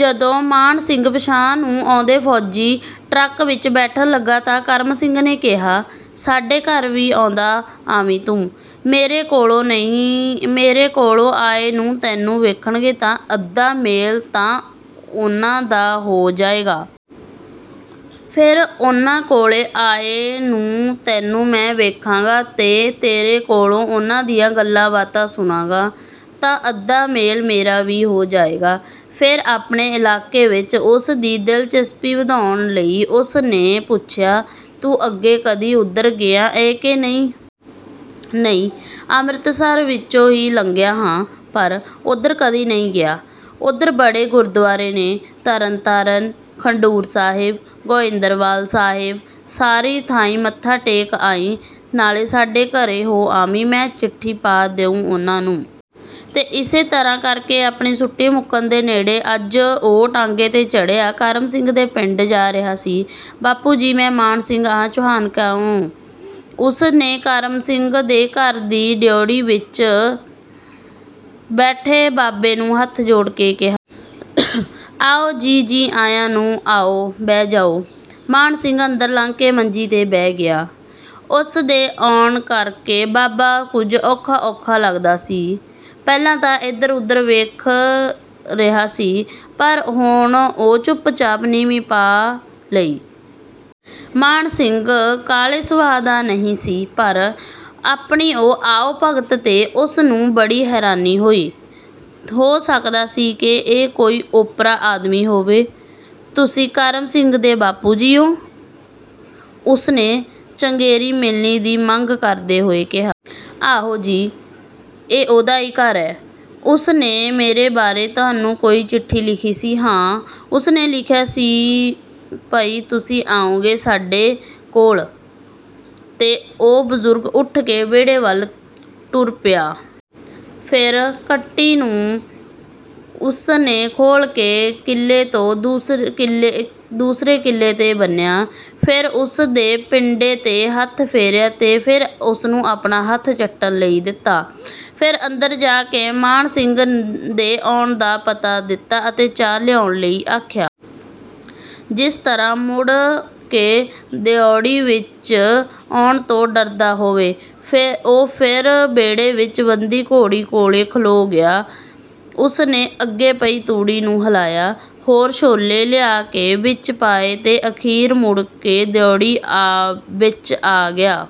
ਜਦੋਂ ਮਾਨ ਸਿੰਘ ਪਿਛਾਂਹ ਨੂੰ ਆਉਂਦੇ ਫ਼ੌਜੀ ਟਰੱਕ ਵਿਚ ਬੈਠਣ ਲੱਗਾ ਤਾਂ ਕਰਮ ਸਿੰਘ ਨੇ ਕਿਹਾ, ''ਸਾਡੇ ਘਰ ਵੀ ਹੁੰਦਾ ਆਵੀਂ ਤੂੰ। ਮੇਰੇ ਕੋਲੋਂ ਆਏ ਨੂੰ ਤੈਨੂੰ ਵੇਖਣਗੇ ਤਾਂ ਅੱਧਾ ਮੇਲ ਤਾਂ ਉਹਨਾਂ ਦਾ ਹੋ ਜਾਏਗਾ। ਫਿਰ ਉਹਨਾਂ ਕੋਲੋਂ ਆਏ ਨੂੰ ਤੈਨੂੰ ਮੈਂ ਵੇਖਾਂਗਾ ਤੇ ਤੇਰੇ ਕੋਲੋਂ ਉਹਨਾਂ ਦੀਆਂ ਗੱਲਾਂ-ਬਾਤਾਂ ਸੁਣਾਂਗਾ ਤਾਂ ਅੱਧਾ ਮੇਲ ਮੇਰਾ ਵੀ ਹੋ ਜਾਏਗਾ।'' ਫਿਰ ਆਪਣੇ ਇਲਾਕੇ ਵਿਚ ਉਸ ਦੀ ਦਿਲਚਸਪੀ ਵਧਾਉਣ ਲਈ ਉਸ ਨੇ ਪੁੱਛਿਆ, ''ਤੂੰ ਅੱਗੇ ਕਦੀ ਉਧਰ ਗਿਆ ਏ ਕਿ ਨਹੀਂ?'' ''ਨਹੀਂ, ਅੰਮ੍ਰਿਤਸਰ ਵਿਚੋਂ ਹੀ ਲੰਘਿਆ ਹਾਂ, ਪਰ ਉੱਧਰ ਕਦੀ ਨਹੀਂ ਗਿਆ।'' ''ਉੱਧਰ ਬੜੇ ਗੁਰਦੁਆਰੇ ਨੇ – ਤਰਨ ਤਾਰਨ, ਖਡੂਰ ਸਾਹਿਬ, ਗੋਇੰਦਵਾਲ ਸਾਹਿਬ। ਸਾਰੀ ਥਾਈਂ ਮੱਥਾ ਟੇਕ ਆਵੀਂ, ਨਾਲੇ ਸਾਡੇ ਘਰੋਂ ਹੋ ਆਵੀਂ। ਮੈਂ ਚਿੱਠੀ ਪਾ ਦਿਊਂ ਉਹਨਾਂ ਨੂੰ।'' ਤੇ ਇਸੇ ਤਰਾ ਕਰ ਕੇ ਆਪਨੇ ਛੁੱਟੀ ਮੁੱਕਣ ਦੇ ਨੇੜੇ ਅੱਜ ਉਹ ਟਾਂਗੇ 'ਤੇ ਚੜ੍ਹਿਆ ਕਰਮ ਸਿੰਘ ਦੇ ਪਿੰਡ ਜਾ ਰਿਹਾ ਸੀ। ''ਬਾਪੂ ਜੀ, ਮੈਂ ਮਾਨ ਸਿੰਘ ਆਂ ਚੂਹੜਕਾਣਿਓ।'' ਉਸ ਨੇ ਕਰਮ ਸਿੰਘ ਦੇ ਘਰ ਦੀ ਡਿਓੜੀ ਵਿਚ ਬੈਠੇ ਬਾਬੇ ਨੂੰ ਹੱਥ ਜੋੜ ਕੇ ਕਿਹਾ। ''ਆਓ ਜੀ, ਜੀ ਆਇਆਂ ਨੂੰ। ਆਓ, ਬਹਿ ਜਾਓ।'' ਮਾਨ ਸਿੰਘ ਅੰਦਰ ਲੰਘ ਕੇ ਮੰਜੀ 'ਤੇ ਬਹਿ ਗਿਆ। ਉਸ ਦੇ ਆਉਣ ਕਰ ਕੇ ਬਾਬਾ ਕੁਝ ਔਖਾ-ਔਖਾ ਲੱਗਦਾ ਸੀ। ਪਹਿਲਾਂ ਤਾਂ ਉਹ ਇੱਧਰ-ਉੱਧਰ ਵੇਖ ਰਿਹਾ ਸੀ, ਪਰ ਹੁਣ ਉਸ ਨੇ ਚੁੱਪ-ਚਾਪ ਨੀਵੀਂ ਪਾ ਲਈ। ਮਾਨ ਸਿੰਘ ਕਾਹਲੇ ਸੁਭਾਅ ਦਾ ਨਹੀਂ ਸੀ ਪਰ ਆਪਣੀ ਇਸ ਆਓ-ਭਗਤ 'ਤੇ ਉਸ ਨੂੰ ਬੜੀ ਹੈਰਾਨੀ ਹੋਈ। ਹੋ ਸਕਦਾ ਸੀ ਇਹ ਕੋਈ ਓਪਰਾ ਆਦਮੀ ਹੋਵੇ। ''ਤੁਸੀਂ ਕਰਮ ਸਿੰਘ ਦੇ ਬਾਪੂ ਜੀ ਓ?'' ਉਸ ਨੇ ਚੰਗੇਰੀ ਮਿਲਣੀ ਦੀ ਮੰਗ ਕਰਦੇ ਹੋਏ ਕਿਹਾ। ''ਆਹੋ ਜੀ, ਇਹ ਉਹਦਾ ਹੀ ਘਰ ਏ।'' ''ਉਸ ਨੇ ਮੇਰੇ ਬਾਰੇ ਤੁਹਾਨੂੰ ਕੋਈ ਚਿੱਠੀ ਲਿਖੀ ਸੀ?'' ''ਹਾਂ, ਉਸ ਨੇ ਲਿਖਿਆ ਸੀ ਪਈ ਤੁਸੀਂ ਆਉਗੇ ਸਾਡੇ ਕੋਲ।'' ਤੇ ਓਹ ਬਜ਼ੁਰਗ ਉੱਠ ਕੇ ਵਿਹੜੇ ਵੱਲ ਨੂੰ ਟੁਰ ਪਿਆ। ਇਕ ਕੱਟੀ ਨੂੰ ਉਸ ਨੇ ਖੋਲ੍ਹ ਕੇ ਕਿੱਲੇ ਤੋਂ ਦੂਸਰੇ ਕਿੱਲੇ 'ਤੇ ਬੰਨ੍ਹਿਆ, ਫਿਰ ਉਸ ਦੇ ਪਿੰਡੇ 'ਤੇ ਹੱਥ ਫੇਰਿਆ ਤੇ ਫਿਰ ਉਸ ਨੂੰ ਆਪਣਾ ਹੱਥ ਚੱਟਣ ਲਈ ਦਿੱਤਾ। ਫਿਰ ਅੰਦਰ ਜਾ ਕੇ ਮਾਨ ਸਿੰਘ ਦੇ ਆਉਣ ਦਾ ਪਤਾ ਦਿੱਤਾ ਤੇ ਚਾਹ ਲਿਆਉਣ ਲਈ ਆਖਿਆ। ਜਿਸ ਤਰ੍ਹਾਂ ਮੁੜ ਕੇ ਡਿਓੜੀ ਵਿਚ ਆਉਣ ਤੋਂ ਡਰਦਾ ਹੋਵੇ, ਉਹ ਫਿਰ ਵਿਹੜੇ ਵਿਚ ਬੱਧੀ ਘੋੜੀ ਕੋਲ ਖਲੋ ਗਿਆ। ਉਸ ਦੇ ਅੱਗੇ ਪਈ ਤੂੜੀ ਨੂੰ ਹਿਲਾਇਆ, ਹੋਰ ਛੋਲੇ ਲਿਆ ਕੇ ਵਿਚ ਪਾਏ ਤੇ ਅਖ਼ੀਰ ਮੁੜ ਕੇ ਡਿਓੜੀ ਵਿਚ ਆ ਗਿਆ।